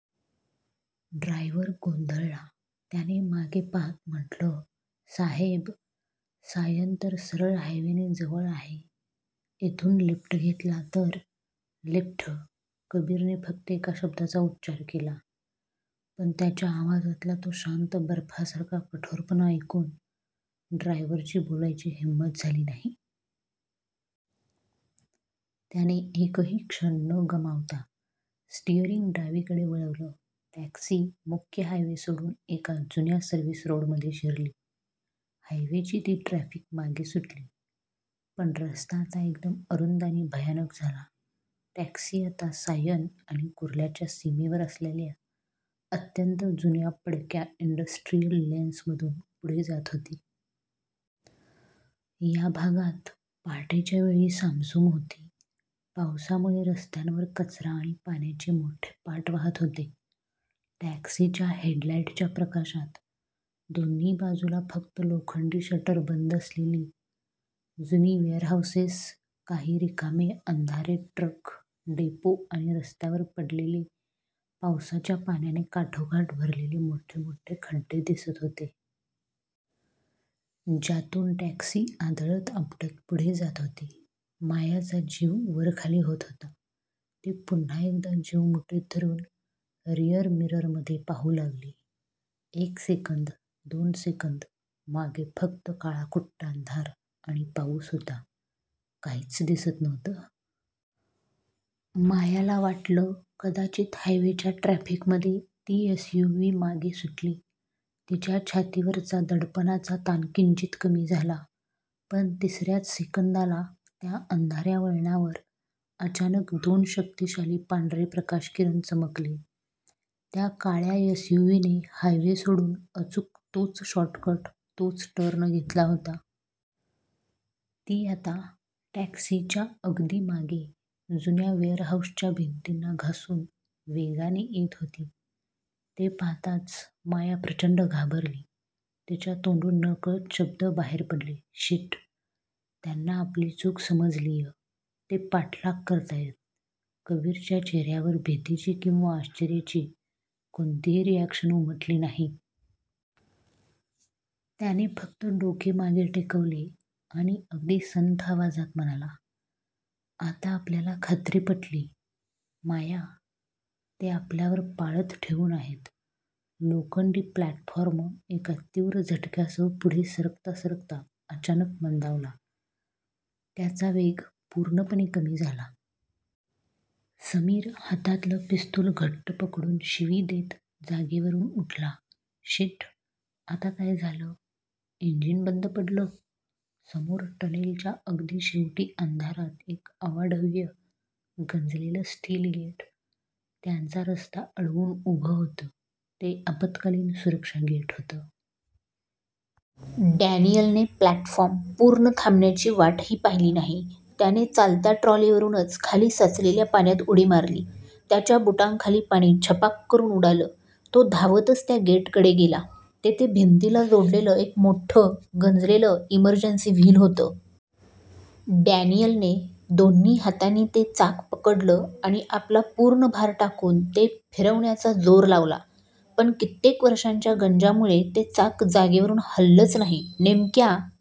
Driver गोंधळला, त्याने मागे पाहत म्हटलं, साहेब, सायन तर सरळ हायवेने जवळ आहे, इथून लेफ्ट घेतला तर" "लेफ्ट. " कबीरने फक्त एका शब्दाचा उच्चार केला. पण त्याच्या आवाजातला तो शांत, बर्फासारखा कठोरपणा ऐकून ड्रायव्हरची बोलायची हिंमत झाली नाही. त्याने एकही क्षण न गमावता स्टीअरिंग डावीकडे वळवलं. टॅक्सी मुख्य हायवे सोडून एका जुन्या सर्व्हिस रोडमध्ये शिरली. हायवेची ती ट्रॅफिक मागे सुटली, पण रस्ता आता एकदम अरुंद आणि भयानक झाला. टॅक्सी आता सायन आणि कुर्लाच्या सीमेवर असलेल्या अत्यंत जुन्या, पडक्या इंडस्ट्रियल लेन्स मधून पुढे जात होती. या भागात पहाटेच्या वेळी सामसूम होती. पावसामुळे रस्त्यांवर कचरा आणि पाण्याचे मोठे पाट वाहत होते. टॅक्सीच्या हेडलाईटच्या प्रकाशात दोन्ही बाजूला फक्त लोखंडी शटर बंद असलेली जुनी वेअरहाउसेस, काही रिकामे, अंधारे ट्रक डेपो आणि रस्त्यावर पडलेले पावसाच्या पाण्याने काठोकाठ भरलेले मोठ-मोठे खड्डे दिसत होते. ज्यातून टॅक्सी आदळत-आपटत पुढे जात होती. मायाचा जीव वरखाली होत होता. ती पुन्हा एकदा जीव मुठीत धरून रिअर मिररमध्ये पाहू लागली. एक सेकंद, दोन सेकंद, मागे फक्त काळाकुट्ट अंधार आणि पाऊस होता. काहीच दिसत नव्हतं. मायाला वाटलं कदाचित हायवेच्या ट्रॅफिकमध्ये ती एसयूव्ही मागे सुटली. तिच्या छातीवरचा दडपणाचा ताणकिंचित कमी झाला, पण, तिसऱ्याच सेकंदाला, त्या अंधाऱ्या वळणावर अचानक दोन शक्तिशाली पांढरे प्रकाशकिरण चमकले. त्या काळ्या एसयूव्हीने हायवे सोडून अचूक तोच शॉर्टकट, तोच टर्न घेतला होता. ती आता टॅक्सीच्या अगदी मागे, जुन्या वेअरहाउसच्या भिंतींना घासून वेगाने येत होती. ते पाहताच माया प्रचंड घाबरली. तिच्या तोंडून नकळत शब्द बाहेर पडले, "शिट, त्यांना आपली चूक समजलीये. ते पाठलाग करतायत. " कबीरच्या चेहऱ्यावर भीतीची किंवा आश्चर्याची कोणतीही रिअॅक्शन उमटली नाही. त्याने फक्त डोके मागे टेकवले आणि अगदी संथ आवाजात म्हणाला, "आता आपल्याला खात्री पटली, माया. ते आपल्यावर पाळत ठेवून आहेत. लोखंडी प्लॅटफॉर्म एका तीव्र झटक्यासह पुढे सरकता सरकता अचानक मंदावला. त्याचा वेग पूर्णपणे कमी झाला. समीर हातातलं पिस्तूल घट्ट पकडून शिवी देत जागेवरून उठला, "शिट! आता काय झालं? इंजिन बंद पडलं? " समोर टनेलच्या अगदी शेवटी, अंधारात एक अवाढव्य, गंजलेलं स्टील गेट त्यांचा रस्ता अडवून उभं होतं. ते आपत्कालीन सुरक्षा गेट होतं. डॅनियलने प्लॅटफॉर्म पूर्ण थांबण्याची वाटही पाहिली नाही; त्याने चालत्या ट्रॉलीवरूनच खाली साचलेल्या पाण्यात उडी मारली. त्याच्या बुटांखाली पाणी छपाक करून उडालं. तो धावतच त्या गेटकडे गेला. तिथे भिंतीला जोडलेलं एक मोठं, गंजलेलं इमर्जन्सी व्हील होतं. डॅनियलने दोन्ही हातांनी ते चाक पकडलं आणि आपला पूर्ण भार टाकून ते फिरवण्याचा जोर लावला. पण कित्येक वर्षांच्या गंज्यामुळे ते चाक जागेवरून हललंच नाही. नेमक्या--